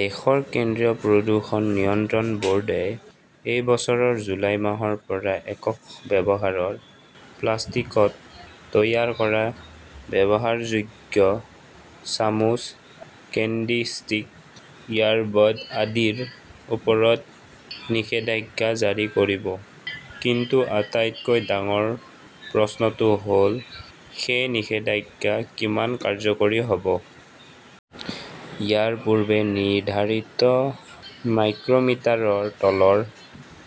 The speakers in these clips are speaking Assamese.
দেশৰ কেন্দ্ৰীয় প্ৰদূষণ নিয়ন্ত্ৰণ বোৰ্ডে এই বছৰৰ জুলাই মাহৰ পৰা একক ব্যৱহাৰৰ প্লাষ্টিকত তৈয়াৰ কৰা ব্যৱহাৰযোগ্য, চামুচ, কেণ্ডি ষ্টিক, ইয়াৰবড আদিৰ ওপৰত নিষেধাজ্ঞা জাৰি কৰিব। কিন্তু আটাইতকৈ ডাঙৰ প্ৰশ্নটো হ'ল সেই নিষেধাজ্ঞা কিমান কাৰ্যকৰী হ'ব। ইয়াৰ পূৰ্বে নিৰ্ধাৰিত মাইক্ৰমিটাৰৰ তলৰ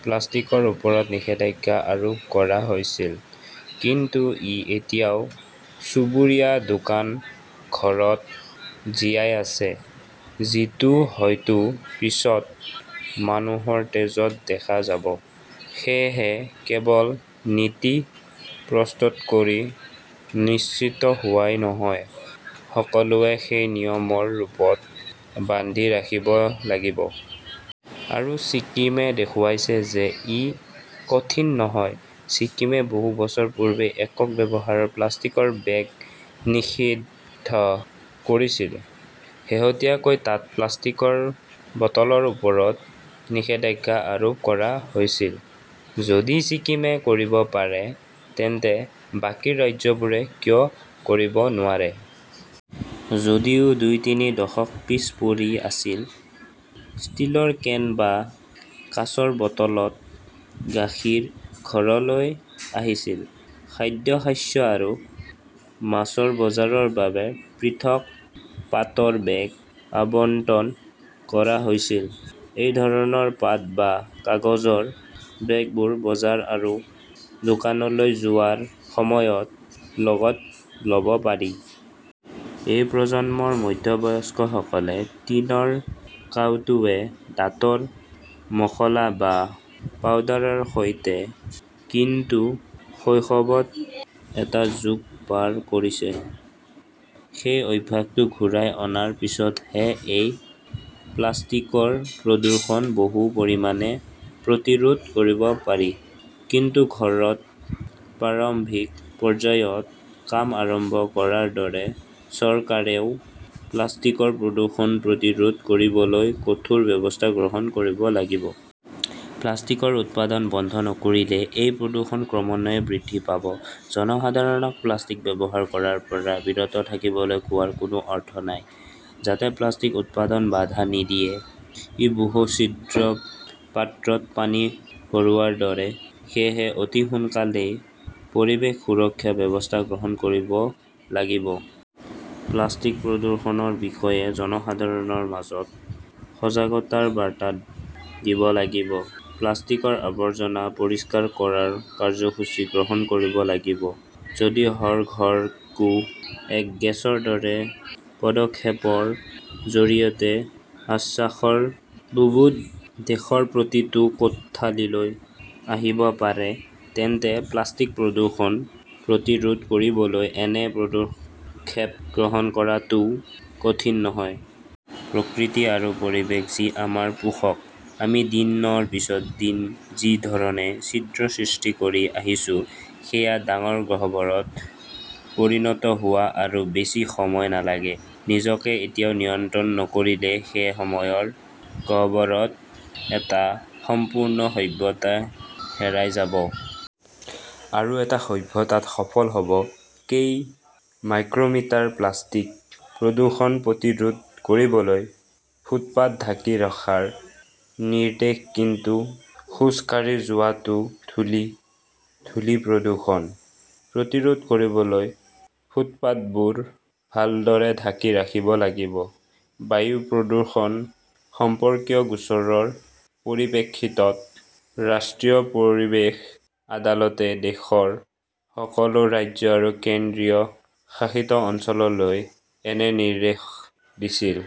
প্লাষ্টিকৰ ওপৰত নিষেধাজ্ঞা আৰোপ কৰা হৈছিল। কিন্তু ই এতিয়াও চুবুৰীয়া দোকান, ঘৰত জীয়াই আছে। যিটো হয়তো পিছত মানুহৰ তেজত দেখা যাব। সেয়েহে কেৱল নীতি প্ৰস্তুত কৰি নিশ্চিত হোৱাই নহয়, সকলোৱে সেই নিয়মৰ ৰূপত বান্ধি ৰাখিব লাগিব। আৰু ছিকিমে দেখুৱাইছে যে ই কঠিন নহয়। ছিকিমে বহু বছৰ পূৰ্বে একক ব্যৱহাৰৰ প্লাষ্টিকৰ বেগ নিষিদ্ধ কৰিছিল। শেহতীয়াকৈ তাত প্লাষ্টিকৰ বটলৰ ওপৰত নিষেধাজ্ঞা আৰোপ কৰা হৈছিল। যদি ছিকিমে কৰিব পাৰে, তেন্তে বাকী ৰাজ্যবোৰ কিয় কৰিব নোৱাৰে? যদিও দুই-তিনি দশক পিছ পৰি আছিল, ষ্টীলৰ কেন বা কাঁচৰ বটলত গাখীৰ ঘৰলৈ আহিছিল, খাদ্যশস্য আৰু মাছৰ বজাৰৰ বাবে পৃথক পাটৰ বেগ আবণ্টন কৰা হৈছিল। এই ধৰণৰ পাট বা কাগজৰ বেগবোৰ বজাৰ আৰু দোকানলৈ যোৱাৰ সময়ত লগত ল'ব পাৰি। এই প্ৰজন্মৰ মধ্যবয়স্কসকলে টিনৰ কাউটোৱে দাঁতৰ মশলা বা পাউডাৰৰ সৈতে কিন্তু শৈশৱত এটা যুগ পাৰ কৰিছে। সেই অভ্যাসটো ঘূৰাই অনাৰ পিছতহে এই প্লাষ্টিকৰ প্ৰদূষণ বহু পৰিমাণে প্ৰতিৰোধ কৰিব পাৰি। কিন্তু ঘৰত প্ৰাৰম্ভিক পৰ্যায়ত কাম আৰম্ভ কৰাৰ দৰে চৰকাৰেও প্লাষ্টিকৰ প্ৰদূষণ প্ৰতিৰোধ কৰিবলৈ কঠোৰ ব্যৱস্থা গ্ৰহণ কৰিব লাগিব। প্লাষ্টিকৰ উৎপাদন বন্ধ নকৰিলে এই প্ৰদূষণ ক্ৰমান্বয়ে বৃদ্ধি পাব। জনসাধাৰণক প্লাষ্টিক ব্যৱহাৰ কৰাৰ পৰা বিৰত থাকিবলৈ কোৱাৰ কোনো অৰ্থ নাই, যাতে প্লাষ্টিক উৎপাদনত বাধা নিদিয়ে। ই বহু-ছিদ্ৰ পাত্ৰত পানী ভৰোৱাৰ দৰে। সেয়েহে অতি সোনকালেই পৰিৱেশ সুৰক্ষা ব্যৱস্থা গ্ৰহণ কৰিব লাগিব। প্লাষ্টিক প্ৰদূষণৰ বিষয়ে জনসাধাৰণৰ মাজত সজাগতাৰ বাৰ্তা দিব লাগিব, প্লাষ্টিকৰ আৱৰ্জনা পৰিষ্কাৰ কৰাৰ কাৰ্যসূচী গ্ৰহণ কৰিব লাগিব। যদি হৰ ঘৰ কো এক গেছৰ দৰে পদক্ষেপৰ জৰিয়তে আশ্বাসৰ বুদ্বুদ দেশৰ প্ৰতিটো কোঠালৈ আহিব পাৰে, তেন্তে প্লাষ্টিক প্ৰদূষণ প্ৰতিৰোধ কৰিবলৈ এনে পদক্ষেপ গ্ৰহণ কৰাটোও কঠিন নহয়। প্ৰকৃতি আৰু পৰিৱেশ যি আমাৰ পোষক, আমি দিনৰ পিছত দিন যি ধৰণে ছিদ্ৰ সৃষ্টি কৰি আহিছো, সেয়া ডাঙৰ গহ্বৰত পৰিণত হোৱা আৰু বেছি সময় নালাগে। নিজকে এতিয়াও নিয়ন্ত্ৰণ নকৰিলে সেই সময়ৰ গহ্বৰত এটা সম্পূৰ্ণ সভ্যতা হেৰাই যাব। আৰু এটা সভ্যতাত সফল হ'ব কেই মাইক্ৰমিটাৰ প্লাষ্টিক। প্ৰদূষণ প্ৰতিৰোধ কৰিবলৈ ফুটপাত ঢাকি ৰখাৰ নিৰ্দেশ, কিন্তু খোজ কাঢ়ি যোৱাটো ধূলি! ধূলি প্ৰদূষণ প্ৰতিৰোধ কৰিবলৈ ফুটপাতবোৰ ভালদৰে ঢাকি ৰাখিব লাগিব। বায়ু প্ৰদূষণ সম্পৰ্কীয় গোচৰৰ পৰিপ্ৰেক্ষিতত ৰাষ্ট্ৰীয় পৰিৱেশ আদালতে দেশৰ সকলো ৰাজ্য আৰু কেন্দ্ৰীয় শাসিত অঞ্চললৈ এনে নিৰ্দেশ দিছিল।